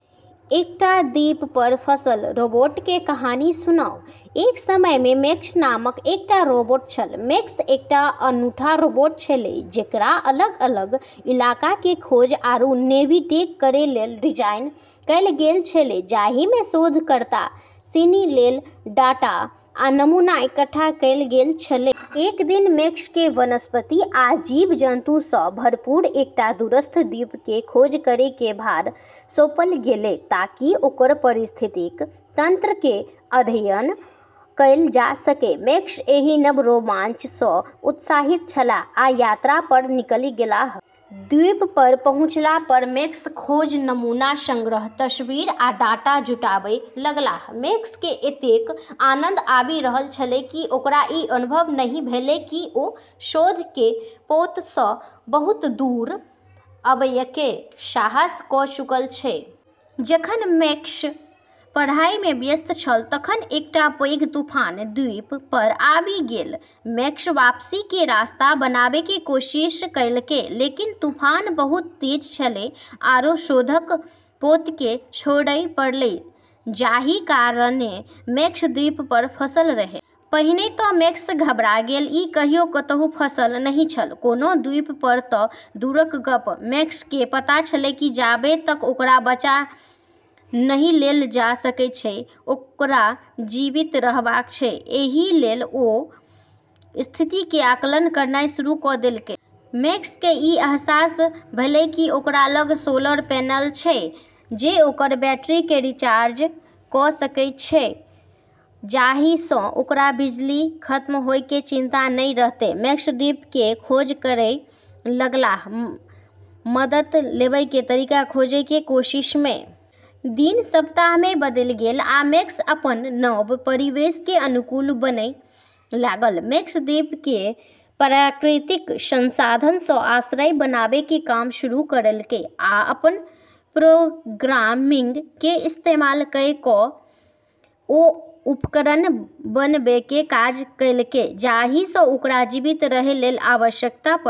एकटा द्वीप पर फँसल रोबोट के कहानी सुनाउ। एक समय में मैक्स नामक एकटा रोबोट छल। मैक्स एकटा अनूठा रोबोट छेलै, जेकरा अलग-अलग इलाका के खोज आरू नेविगेट करै लेल डिजाइन कयल गेल छलै, जाहिमे शोधकर्ता सिनी लेल डाटा आ नमूना इकट्ठा कयल गेल छलै। एक दिन मैक्स केँ वनस्पति आ जीव-जन्तु सँ भरपूर एकटा दूरस्थ द्वीप के खोज करै के भार सौंपल गेलै, ताकि ओकर पारिस्थितिकी तंत्र के अध्ययन कयल जा सकै। मैक्स एहि नव रोमांच सँ उत्साहित छलाह आ यात्रा पर निकलि गेलाह। द्वीप पर पहुँचला पर मैक्स खोज, नमूना संग्रह, तस्वीर, आ डाटा जुटाबय लगलाह। मैक्स केँ एतेक आनंद आबि रहल छलै कि ओकरा ई अनुभव नहि भेलै कि ओ शोध के पोत सँ बहुत दूर अबयके साहस क' चुकल छै। जखन मैक्स पढ़ाई में व्यस्त छल तखन एकटा पैघ तूफान द्वीप पर आबि गेल। मैक्स वापसी के रास्ता बनाबै के कोशिश कयलकै, लेकिन तूफान बहुत तेज छलै, आरो शोधक पोतकेँ छोड़य पड़लै, जाहि कारणे मैक्स द्वीप पर फंसल रहै। पहिने तऽ मैक्स घबरा गेल। ई कहियो कतहु फँसल नहि छल, कोनो द्वीप पर तऽ दूरक गप्प। मैक्स केँ पता छलै कि जाबे तक ओकरा बचा नहि लेल जा सकै छै, ओकरा जीवित रहबाक छै, एहि लेल ओ स्थिति के आकलन करनाइ शुरू क' देलकै। मैक्स केँ ई अहसास भेलै कि ओकरा लग सोलर पैनल छै जे ओकर बैटरी केँ रिचार्ज क' सकै छै, जाहिसँ ओकरा बिजली खत्म होय के चिंता नै रहतै। मैक्स द्वीप के खोज करय लगलाह, मदद लेबय के तरीका खोजय के कोशिश में। दिन सप्ताह में बदलि गेल, आ मैक्स अपन नव परिवेश के अनुकूल बनय लागल। मैक्स द्वीप के प्राकृतिक संसाधन सँ आश्रय बनाबै के काम शुरू करलकै आ अपन प्रोग्रामिंग के इस्तेमाल कए कऽ ओ उपकरण बनबैके काज कयलकै जाहिसँ ओकरा जीवित रहै लेल आवश्यकता पड़तै।